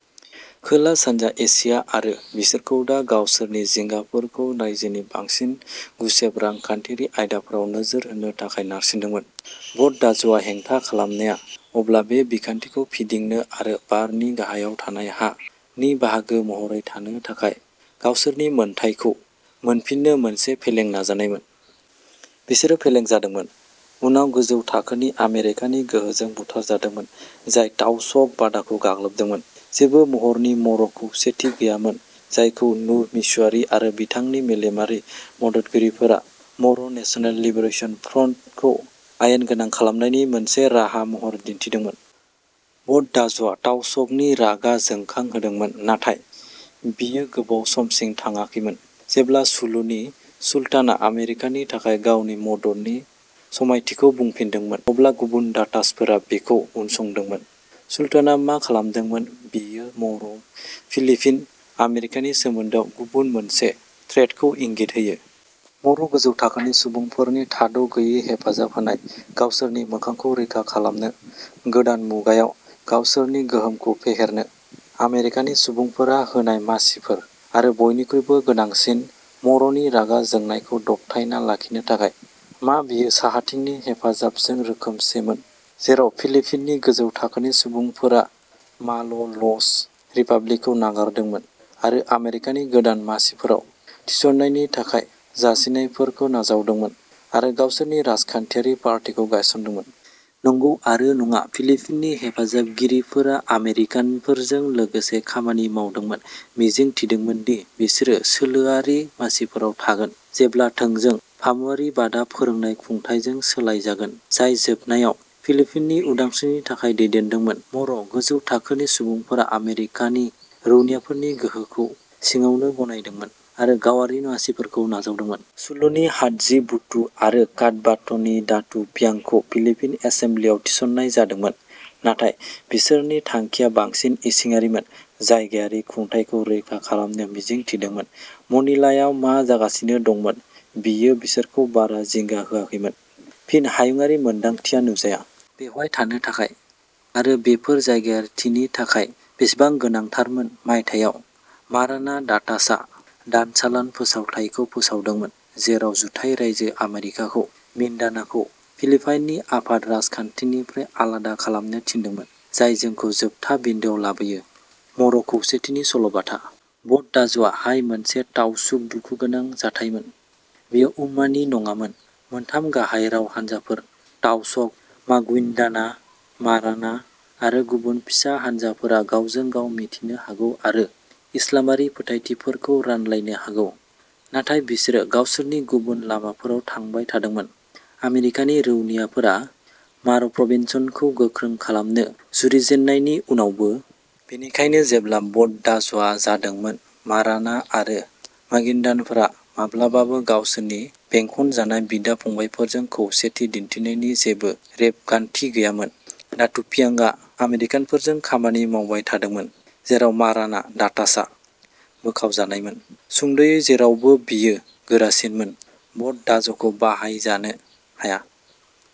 खोला-सानजा Asia आरो बिसोरखौ दा गावसोरनि जिंगाफोरखौ रायजोनि बांसिन गुसेब रांखान्थियारि आयदाफोराव नोजोर होनो थाखाय नारसिनदोंमोन। बड दाज'आव हेंथा खालामनाया अब्ला बे बिखान्थिखौ फिदिंनो आरो बारनि गाहायाव थानाय हा नि बाहागो महरै थानो थाखाय गावसोरनि मोनथायखौ मोनफिननो मोनसे फेलें नाजानायमोन। बिसोरो फेलें जादोंमोन, उनाव गोजौ थाखोनि आमेरिकानि गोहोजों बुथारजादोंमोन, जाय ताउस'ग बादाखौ गाग्लोबदोंमोन। जेबो महरनि मर' खौसेथि गैयामोन जायखौ नुर मिसुवारी आरो बिथांनि मेलेमारि मददगिरिफोरा मर' नेशनेल लिबारेशन फ्रन्टखौ आयेन गोनां खालामनायनि मोनसे राहा महरै दिन्थिदोंमोन। बड दाज'आ ताउस' गनि रागा जोंखांहोदोंमोन, नाथाय बेयो गोबाव समसिम थाङाखैमोन। जेब्ला सुलुनि सुल्तानआ आमेरिकानि थाखाय गावनि मददनि समायथिखौ बुंफिनदोंमोन, अब्ला गुबुन दातासफोरा बेखौ उनसंदोंमोन। सुल्तानआ मा खालामदोंमोन बेयो मर' फिलिपिन' आमेरिकानि सोमोन्दोआव गुबुन मोनसे थ्रेडखौ इंगित होयो। मर' गोजौ थाखोनि सुबुंफोरनि थाद' गैयै हेफाजाब होनाय, गावसोरनि मोजांखौ रैखा खालामनो, गोदान मुगायाव गावसोरनि गोहोमखौ फेहेरनो। आमेरिकानि सुबुंफोरा होनाय मासिफोर, आरो, बयनिख्रुइबो गोनांसिन, मर'नि रागा जोंनायखौ दबथायना लाखिनो थाखाय। मा बेयो साहाथिंनि हेफाजाबजों रोखोमसेमोन, जेराव फिलिपिन'नि गोजौ थाखोनि सुबुंफोरा माल' ल'स रिपाब्लिकखौ नागारदोंमोन आरो आमेरिकानि गोदान मासिफोराव थिसननायनि थाखाय जासिनायफोरखौ नाजावदोंमोन, आरो गावसोरनि राजखान्थियारि पार्टीखौ गायसनदोंमोन। नंगौ आरो नङा। फिलिपिन'नि हेफाजाबगिरिफोरा आमेरिकानफोरजों लोगोसे खामानि मावदोंमोन मिजिं थिदोंमोन दि बिसोरो सोलोआरि मासिफोराव थागोन जेब्ला थोंजों फामुवारिबादआ फोरोंनाय खुंथायजों सोलायजागोन, जाय जोबनायाव फिलिपिन'नि उदांस्रिनि थाखाय दैदेनदोंमोन। मर' गोजौ थाखोनि सुबुंफोरा आमेरिकानि रौनियाफोरनि गोहोखौ सिगाङावनो गनायदोंमोन, आरो गावारि मासिफोरखौ नाजावदोंमोन। सुलुनि हादजी बुटु आरो कटाबात'नि दातू पियांगखौ फिलिपिन एसेमब्लिआव थिस'न्नाय जादोंमोन। नाथाय बिसोरनि थांखिया बांसिन इसिङारिमोन, जायगायारि खुंथायखौ रैखा खालामनो मिजिं थिदोंमोन। मनिलायाव मा जागासिनो दंमोन बेयो बिसोरखौ बारा जिंगा होआखैमोन। फिन, हायुंआरि मोन्दांथिया नुजाया। बेवहाय थानो थाखाय। आरो बेफोर जायगायारिथिनि थाखाय बेसेबां गोनांथारमोन मायथाइयाव, माराना दातासआ दानसालान फोसावथायखौ फोसावदोंमोन, जेराव जुथाइ रायजो आमेरिकाखौ मिन्दानाखौ फिलिपाइननि आफाद राजखान्थिनिफ्राय आलादा खालामनो थिनदोंमोन। जाय जोंखौ जोबथा बिन्दोआव लाबोयो। मर' खौसेथिनि सल'बाथा। बड दाज'आ हाय मोनसे ताउसुग दुखुगोनां जाथायमोन। बेयो उम्माहनि नङामोन, मोनथाम गाहाय राव हानजाफोर-ताउस'ग, मागुइन्दाना, माराना आरो गुबुन फिसा हानजाफोरा गावजों-गाव मिन्थिनो हागौ आरो इस्लामारि फोथायथिफोरखौ रानलायनो हागौ, नाथाय बिसोरो गावसोरनि गुबुन लामाफोराव थांबाय थादोंमोन, आमेरिकानि रौनियाफोरा मर'प्रभिन्सखौ गोख्रों खालामनो जुरिजेननायनि उनावबो। बेनिखायनो जेब्ला बड दाज'आ जादोंमोन माराना आरो मागिनदान'फोरा माब्लाबाबो गावसोरनि बेंखनजानाय बिदा-फंबायफोरजों खौसेथि दिन्थिनायनि जेबो रेबगान्थि गैयामोन। दातू पियांगआ आमेरिकानफोरजों खामानि मावबाय थादोंमोन, जेराव माराना दातासआ बोखावजानायमोन। सुंद'यै जेरैबो बेयो गोरासिनमोन, बड दाज'खौ बाहायजानो हाया।